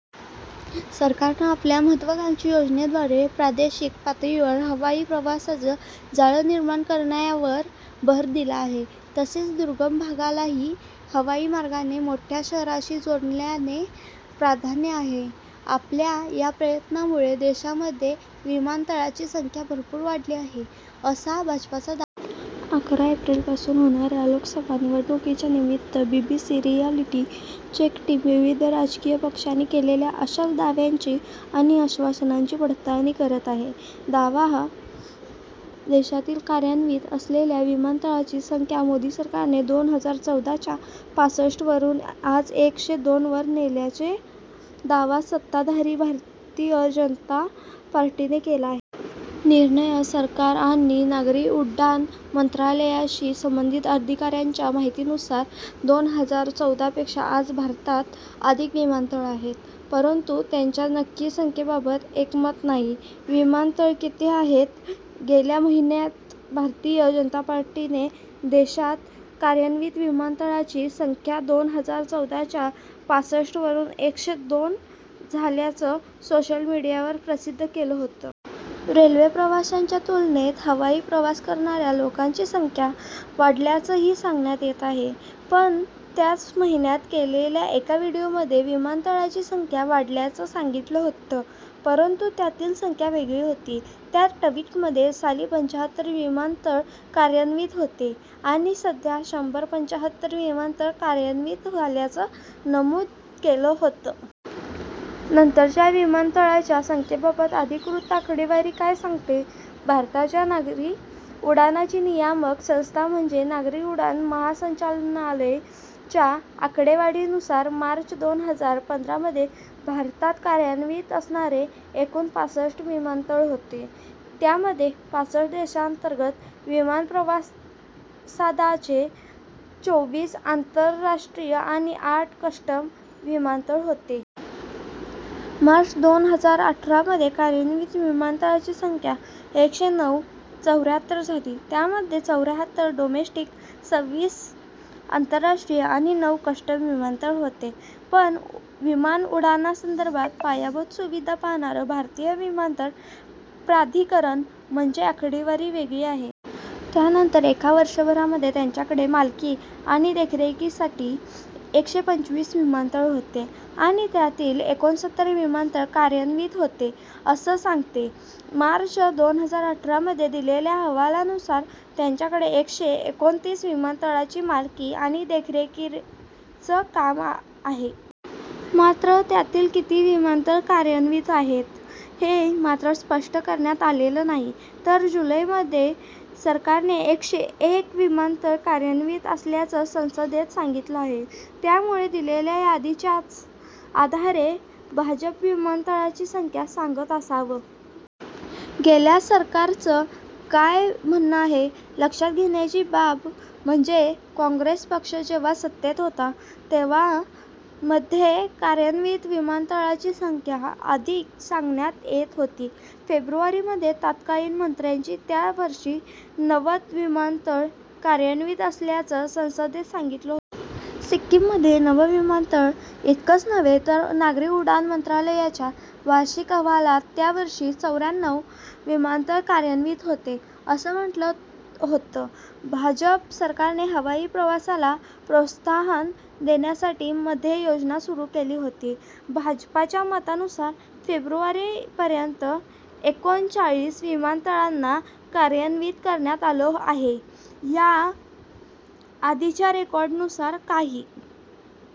सरकारनं आपल्या महत्त्वाकांक्षी योजनेद्वारे प्रादेशिक पातळीवर हवाई प्रवासाचं जाळं निर्माण करण्यावर भर दिला आहे. तसेच दुर्गम भागालाही हवाई मार्गाने मोठ्या शहरांशी जोडण्याला प्राधान्य आहे. आपल्या या प्रयत्नांमुळे देशामध्ये विमानतळांची संख्या भरपूर वाढली आहे, असा भाजपचा दावा आहे. अकरा एप्रिलपासून होणाऱ्या लोकसभा निवडणुकांच्या निमित्त बीबीसी रिअॅलिटी चेक टीम विविध राजकीय पक्षांनी केलेल्या अशाच दाव्यांची आणि आश्वासनांची पडताळणी करत आहे. दावाः देशातील कार्यान्वित असलेल्या विमानतळांची संख्या मोदी सरकारने दोन हजार चौदा च्या पासष्ट वरून आज एकशे दोन वर नेल्याचा दावा सत्ताधारी भारतीय जनता पार्टीने केला आहे. निर्णयः सरकार आणि नागरी उड्डाण मंत्रालयाशी संबंधित अधिकाऱ्यांच्या माहितीनुसार दोन हजार चौदा पेक्षा आज भारतात अधिक विमानतळ आहेत. परंतु त्यांच्या नक्की संख्येबाबत एकमत नाही. विमानतळं किती आहेत? गेल्या महिन्यात भारतीय जनता पार्टीने देशात कार्यान्वित विमानतळांची संख्या दोन हजार चौदा च्या पासष्ट वरून एकशे दोन झाल्याचं सोशल मीडियावर प्रसिद्ध केलं होतं. रेल्वेप्रवाशांच्या तुलनेत हवाई प्रवास करणाऱ्या लोकांची संख्या वाढल्याचंही सांगण्यात येत आहे. पण त्याच महिन्यात केलेल्या एका व्हीडिओमध्येही विमानतळांची संख्या वाढल्याचं सांगितलं होतं. परंतु त्यातील संख्या वेगळी होती. त्या ट्वीटमध्ये साली पंच्याहत्तर विमानतळ कार्यान्वित होते आणि सध्या शंभर पंच्याहत्तर विमानतळ कार्यान्वित झाल्याचं नमूद केलं होतं. नंतरच्या विमानतळांच्या संख्येबाबत अधिकृत आकडेवारी काय सांगते? भारताच्या नागरी उड्डाणाची नियामक संस्था, म्हणजे नागरी उड्डाण महासंचालनालय च्या आकडेवारीनुसार, मार्च दोन हजार पंधरा मध्ये भारतात कार्यान्वित असणारे एकूण पासष्ट विमानतळ होते. त्यामध्ये पासष्ट देशांतर्गत विमानप्रवासाचे, चोवीस आंतरराष्ट्रीय आणि आठ कस्टम विमानतळ होते. मार्च दोन हजार अठरा मध्ये कार्यान्वित विमानतळांची संख्या एकशे नऊ चौऱ्याहत्तर झाली. त्यामध्ये चौऱ्याहत्तर डोमेस्टिक, संविस आंतरराष्ट्रीय आणि नऊ कस्टम विमानतळ होते. पण विमानउड्डाणासंदर्भात पायाभूत सुविधा पाहाणारं भारतीय विमानतळ प्राधिकरण म्हणजे आकडेवारी वेगळी आहे. त्यानंतर एका वर्षभरामध्ये त्यांच्याकडे मालकी आणि देखरेखीसाठी एकशे पंचवीस विमानतळ होते आणि त्यातील एकोणसत्तर विमानतळ कार्यान्वित होते, असे सांगते. मार्च दोन हजार अठरा मध्ये दिलेल्या अहवालानुसार, त्यांच्याकडे एकशे एकोणतीस विमानतळांची मालकी आणि देखरेखीच काम आहे. मात्र त्यातील किती विमानतळ कार्यान्वित आहेत, हे मात्र स्पष्ट करण्यात आलेलं नाही. तर जुलै मध्ये सरकारने एकशे एक विमानतळ कार्यान्वित असल्याचं संसदेत सांगितलं आहे. त्यामुळं दिलेल्या यादीच्याच आधारे भाजप विमानतळांची संख्या सांगत असावं. गेल्या सरकारचं काय म्हणणं आहे? लक्षात घेण्याची बाब म्हणजे काँग्रेस पक्ष जेव्हा सत्तेत होता, तेव्हा मध्ये कार्यान्वित विमानतळांची संख्या अधिक सांगण्यात येत होती. फेब्रुवारी मध्ये तत्कालीन मंत्र्यांनी त्या वर्षी नवद विमानतळ कार्यान्वित असल्याचं संसदेत सांगितलं होतं. सिक्किममधलं नवं विमानतळ इतकंच नव्हे तर नागरी उड्डाण मंत्रालयाच्या वार्षिक अहवालात त्यावर्षी चौऱ्याण्णव विमानतळ कार्यान्वित होते, असं म्हटलं होतं. भाजप सरकारनं हवाई प्रवासाला प्रोत्साहन देण्यासाठी मध्ये योजना सुरू केली होती. भाजपच्या मतानुसार, फेब्रुवारी पर्यंत एकोणचाळीस विमानतळांना कार्यान्वित करण्यात आलं आहे. या आधीच्या रेकॉर्डनुसार काही